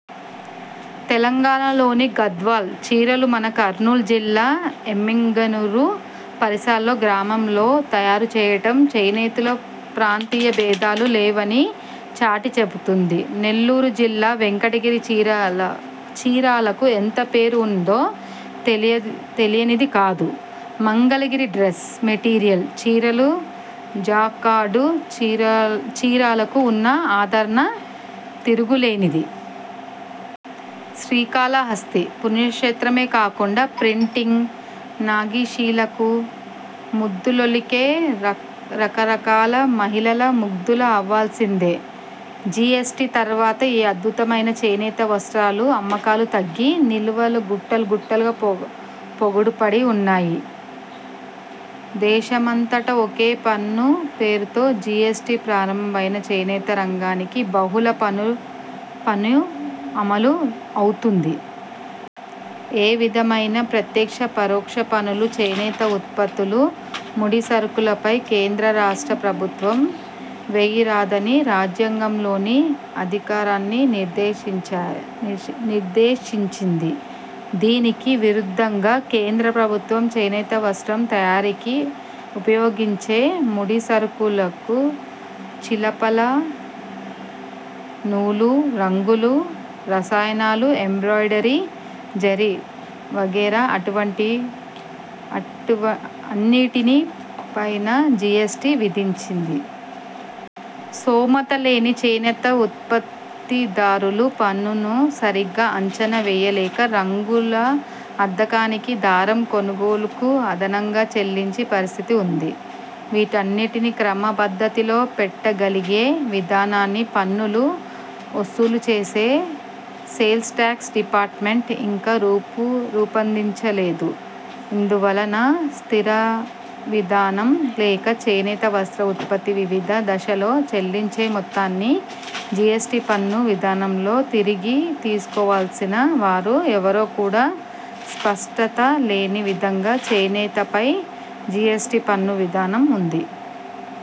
తెలంగాణలోని గధ్వాల్ చీరలు మన కర్నూలు జిల్లా ఎమ్మిగనూరు, పరిసర గ్రామాల్లో తయారు చేయటం చేనేతకు ప్రాంతీయబేధాలు లేవనీ చాటి చెబుతుంది. నెల్లూరు జిల్లా వెంకటగిరి చీరలకు ఎంత పేరు ఉన్నదో తెలియనిది కాదు. Mangalagiri dress material, Chirala jacquard చీరలకు ఉన్న ఆదరణ తిరుగులేనిది. శ్రీకాళహస్తి పుణ్యక్షేత్రమే కాకుండా ప్రింటింగ్, నగిషీలకు, ముద్దులొలికే రకారాకాల మహిళలు ముగ్ధులు అవ్వాల్సిందే. జీఎస్టీ తర్వాత ఈ అద్భుతమైన చేనేత వస్త్రాలు అమ్మకాలు తగ్గి నిల్వలు గుట్టలుగా పోగుపడి వున్నాయి. దేశమంతటా ఒకే పన్ను పేరుతో జీఎస్టీ ప్రారంభం అయినా చేనేత రంగానికి బహుళ పన్ను అమలు అవుతోంది. ఏ విధమైన ప్రత్యక్ష, పరోక్ష పన్నులు చేనేత ఉత్పత్తులు, ముడిసరుకులపై కేంద్రరాష్ట్ర ప్రభుత్వాలు వేయరాదని రాజ్యాంగంలోని అధికరణ నిర్దేశించింది. దీనికి విరుద్ధంగా కేంద్ర ప్రభుత్వం చేనేత వస్త్రం తయారీకి ఉపయోగించే ముడిసరుకులను చిలపల నూలు, రంగులు, రసాయనాలు, ఎంబ్రాయిడరీ, జరీ వగైరా అన్నింటిపైనా జీఎస్టీ విధించింది. స్తోమతలేని చేనేత ఉత్పత్తిదారులు పన్నును సరిగా అంచనా వేయలేక రంగుల అద్దకానికి, దారం కొనుగోలుకు అదనంగా చెల్లించే పరిస్థితి వుంది. వీటన్నింటినీ క్రమ పద్ధతిలో పెట్టగలిగే విధానాన్ని పన్నులు వసూలుచేసే సేల్స్ టాక్స్ డిపార్ట్మెంట్ ఇంకా రూపొందించలేదు. ఇందువలన స్థిరవిధానం లేక చేనేత వస్త్ర ఉత్పత్తి వివిధ దశలో చెల్లించే మొత్తాన్ని జీఎస్టీ పన్ను విధానంలో తిరిగి తీసుకోవలసిన వారు ఎవరో కూడా స్పష్టత లేని విధంగా చేనేతపై జీఎస్టీ పన్ను విధానం వుంది.